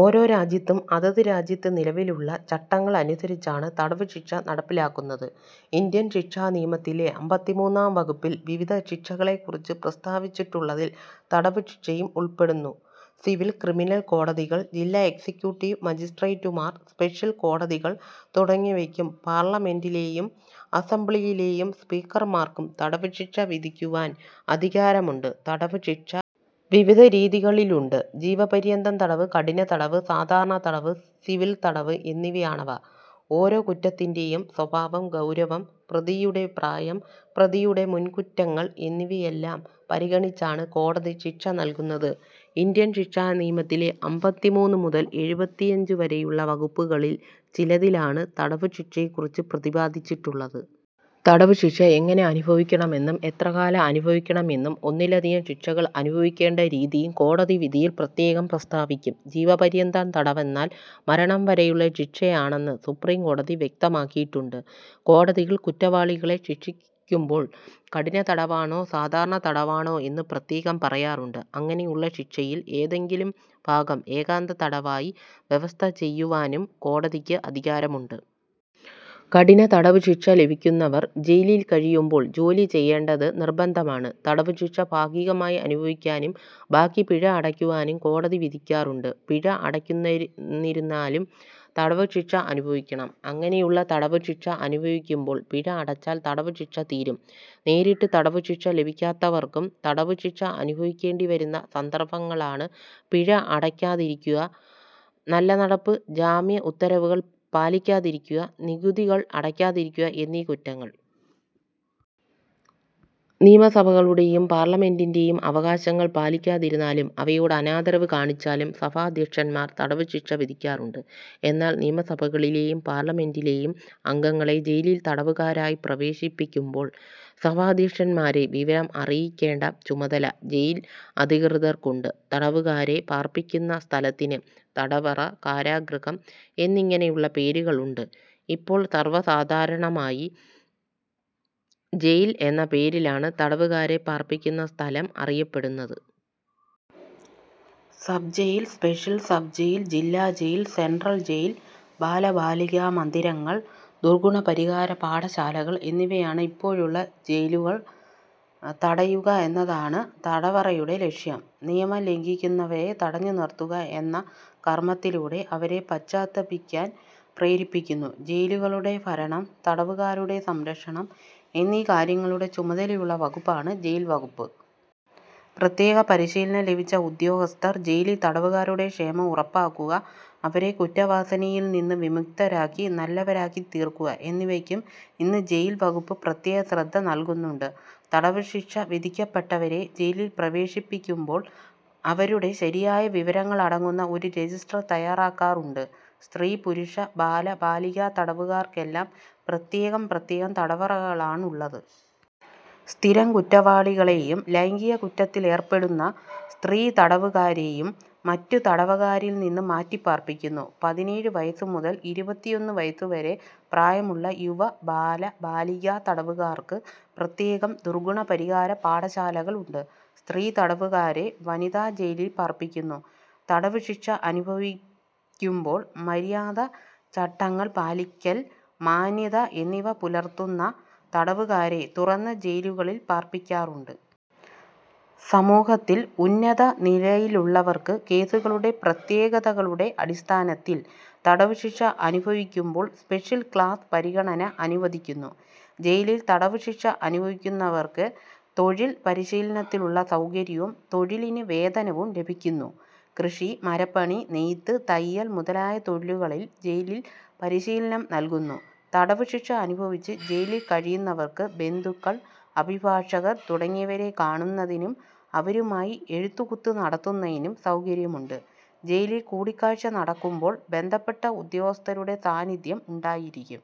ഓരോ രാജ്യവും അതത് രാജ്യത്ത് നിലവിലുള്ള ചട്ടങ്ങൾ അനുസരിച്ചാണ് തടവുശിക്ഷ നടപ്പിലാക്കുന്നത്. ഇന്ത്യൻ ശിക്ഷാനിയമത്തിലെ അമ്പത്തിമൂന്നാം വകുപ്പിൽ വിവിധ ശിക്ഷകളെക്കുറിച്ച് പ്രസ്താവിച്ചിട്ടുള്ളതിൽ തടവുശിക്ഷയും ഉൾപ്പെടുന്നു. സിവിൽ, ക്രിമിനൽ കോടതികൾ, ജില്ലാ എക്സിക്യൂട്ടീവ് മജിസ്ട്രേട്ടുമാർ, സ്പെഷ്യൽ കോടതികൾ തുടങ്ങിയവയ്ക്കും പാർലമെന്റിലെയും അസംബ്ലിയിലെയും സ്പീക്കർമാർക്കും തടവുശിക്ഷ വിധിക്കുവാൻ അധികാരമുണ്ട്. തടവുശിക്ഷ വിവിധ രീതികളിലുണ്ട്. ജീവപര്യന്തം തടവ്, കഠിനതടവ്, സാധാരണ തടവ്, സിവിൽ തടവ് എന്നിവയാണവ. ഓരോ കുറ്റത്തിൻ്റെ യും സ്വഭാവം, ഗൗരവം, പ്രതിയുടെ പ്രായം, പ്രതിയുടെ മുൻകുറ്റങ്ങൾ എന്നിവയെല്ലാം പരിഗണിച്ചാണ് കോടതി ശിക്ഷ നൽകുന്നത്. ഇന്ത്യൻ ശിക്ഷാനിയമത്തിലെ അമ്പത്തിമൂന്ന് മുതൽ എഴുപത്തിയഞ്ച് വരെയുള്ള വകുപ്പുകളിൽ ചിലതിലാണ് തടവുശിക്ഷയെക്കുറിച്ച് പ്രതിപാദിച്ചിട്ടുള്ളത്. തടവുശിക്ഷ എങ്ങനെ അനുഭവിക്കണമെന്നും എത്രകാലം അനുഭവിക്കണമെന്നും ഒന്നിലധികം ശിക്ഷകൾ അനുഭവിക്കേണ്ട രീതിയും കോടതി വിധിയിൽ പ്രത്യേകം പ്രസ്താവിക്കും. ജീവപര്യന്തം തടവെന്നാൽ മരണം വരെയുള്ള ശിക്ഷയാണെന്ന് സുപ്രീംകോടതി വ്യക്തമാക്കിയിട്ടുണ്ട്. കോടതികൾ കുറ്റവാളികളെ ശിക്ഷിക്കുമ്പോൾ കഠിനതടവാണോ സാധാരണ തടവാണോ എന്ന് പ്രത്യേകം പറയാറുണ്ട്. അങ്ങനെയുള്ള ശിക്ഷയിൽ ഏതെങ്കിലും ഭാഗം ഏകാന്തതടവായി വ്യവസ്ഥ ചെയ്യുവാനും കോടതിക്ക് അധികാരമുണ്ട്. കഠിനതടവുശിക്ഷ ലഭിക്കുന്നവർ ജയിലിൽ കഴിയുമ്പോൾ ജോലി ചെയ്യേണ്ടത് നിർബന്ധമാണ്. തടവുശിക്ഷ ഭാഗികമായി അനുഭവിക്കാനും ബാക്കി പിഴ അടയ്ക്കുവാനും കോടതി വിധിക്കാറുണ്ട്. പിഴ അടയ്ക്കാതിരുന്നാലും തടവുശിക്ഷ അനുഭവിക്കണം. അങ്ങനെയുള്ള തടവുശിക്ഷ അനുഭവിക്കുമ്പോൾ പിഴ അടച്ചാൽ തടവുശിക്ഷ തീരും. നേരിട്ട് തടവുശിക്ഷ ലഭിക്കാത്തവർക്കും തടവുശിക്ഷ അനുഭവിക്കേണ്ടിവരുന്ന സന്ദർഭങ്ങളാണ് പിഴ അടയ്ക്കാതിരിക്കുക, നല്ലനടപ്പ് ജാമ്യ ഉത്തരവുകൾ പാലിക്കാതിരിക്കുക, നികുതികൾ അടയ്ക്കാതിരിക്കുക എന്നീ കുറ്റങ്ങൾ. നിയമസഭകളുടെയും പാർലമെന്റിൻ്റെ യും അവകാശങ്ങൾ പാലിക്കാതിരുന്നാലും അവയോട് അനാദരവ് കാണിച്ചാലും സഭാധ്യക്ഷന്മാർ തടവുശിക്ഷ വിധിക്കാറുണ്ട്. എന്നാൽ നിയമസഭകളിലെയും പാർലമെന്റിലെയും അംഗങ്ങളെ ജയിലിൽ തടവുകാരായി പ്രവേശിപ്പിക്കുമ്പോൾ സഭാധ്യക്ഷന്മാരെ വിവരം അറിയിക്കേണ്ട ചുമതല ജയിൽ അധികൃതർക്കുണ്ട്. തടവുകാരെ പാർപ്പിക്കുന്ന സ്ഥലത്തിന് തടവറ, കാരാഗൃഹം എന്നിങ്ങനെയുള്ള പേരുകളുണ്ട്. ഇപ്പോൾ സർവസാധാരണമായി ജയിൽ എന്ന പേരിലാണ് തടവുകാരെ പാർപ്പിക്കുന്ന സ്ഥലം അറിയപ്പെടുന്നത്. Sub jail, special sub jail, ജില്ലാ ജയിൽ, സെൻട്രൽ ജയിൽ, ബാലബാലികാ മന്ദിരങ്ങൾ, ദുർഗുണപരിഹാര പാഠശാലകൾ എന്നിവയാണ് ഇപ്പോഴുള്ള ജയിലുകൾ. തടയുക എന്നതാണ് തടവറയുടെ ലക്ഷ്യം. നിയമം ലംഘിക്കുന്നവരെ തടഞ്ഞുനിർത്തുക എന്ന കർമ്മത്തിലൂടെ അവരെ പശ്ചാത്തപിക്കാൻ പ്രേരിപ്പിക്കുന്നു. ജയിലുകളുടെ ഭരണം, തടവുകാരുടെ സംരക്ഷണം എന്നീ കാര്യങ്ങളുടെ ചുമതലയുള്ള വകുപ്പാണ് ജയിൽ വകുപ്പ്. പ്രത്യേക പരിശീലനം ലഭിച്ച ഉദ്യോഗസ്ഥർ ജയിലിൽ തടവുകാരുടെ ക്ഷേമം ഉറപ്പാക്കുക, അവരെ കുറ്റവാസനയിൽനിന്ന് വിമുക്തരാക്കി നല്ലവരാക്കിത്തീർക്കുക എന്നിവയ്ക്കും ഇന്ന് ജയിൽ വകുപ്പ് പ്രത്യേക ശ്രദ്ധ നൽകുന്നുണ്ട്. തടവുശിക്ഷ വിധിക്കപ്പെട്ടവരെ ജയിലിൽ പ്രവേശിപ്പിക്കുമ്പോൾ അവരുടെ ശരിയായ വിവരങ്ങൾ അടങ്ങുന്ന ഒരു രജിസ്റ്റർ തയ്യാറാക്കാറുണ്ട്. സ്ത്രീ, പുരുഷ, ബാല, ബാലികാ തടവുകാർക്കെല്ലാം പ്രത്യേകം പ്രത്യേകം തടവറകളാണുള്ളത്. സ്ഥിരം കുറ്റവാളികളെയും ലൈംഗിക കുറ്റത്തിലേർപ്പെടുന്ന സ്ത്രീ തടവുകാരെയും മറ്റു തടവുകാരിൽനിന്ന് മാറ്റി പാർപ്പിക്കുന്നു. പതിനേഴ് വയസ്സുമുതൽ ഇരുപത്തിയൊന്ന് വയസ്സുവരെ പ്രായമുള്ള യുവ, ബാല, ബാലികാ തടവുകാർക്ക് പ്രത്യേകം ദുർഗുണപരിഹാര പാഠശാലകളുണ്ട്. സ്ത്രീ തടവുകാരെ വനിതാ ജയിലിൽ പാർപ്പിക്കുന്നു. തടവുശിക്ഷ അനുഭവിക്കുമ്പോൾ മര്യാദ, ചട്ടങ്ങൾ പാലിക്കൽ, മാന്യത എന്നിവ പുലർത്തുന്ന തടവുകാരെ തുറന്ന ജയിലുകളിൽ പാർപ്പിക്കാറുണ്ട്. സമൂഹത്തിൽ ഉന്നത നിലയിലുള്ളവർക്ക് കേസുകളുടെ പ്രത്യേകതകളുടെ അടിസ്ഥാനത്തിൽ തടവുശിക്ഷ അനുഭവിക്കുമ്പോൾ സ്പെഷ്യൽ ക്ലാസ് പരിഗണന അനുവദിക്കുന്നു. ജയിലിൽ തടവുശിക്ഷ അനുഭവിക്കുന്നവർക്ക് തൊഴിൽ പരിശീലനത്തിനുള്ള സൗകര്യവും തൊഴിലിന് വേതനവും ലഭിക്കുന്നു. കൃഷി, മരപ്പണി, നെയ്ത്ത്, തയ്യൽ മുതലായ തൊഴിലുകളിൽ ജയിലിൽ പരിശീലനം നൽകുന്നു. തടവുശിക്ഷ അനുഭവിച്ച് ജയിലിൽ കഴിയുന്നവർക്ക് ബന്ധുക്കൾ, അഭിഭാഷകർ തുടങ്ങിയവരെ കാണുന്നതിനും അവരുമായി എഴുത്തുകുത്ത് നടത്തുന്നതിനും സൗകര്യമുണ്ട്. ജയിലിൽ കൂടിക്കാഴ്ച നടക്കുമ്പോൾ ബന്ധപ്പെട്ട ഉദ്യോഗസ്ഥരുടെ സാന്നിധ്യം ഉണ്ടായിരിക്കും.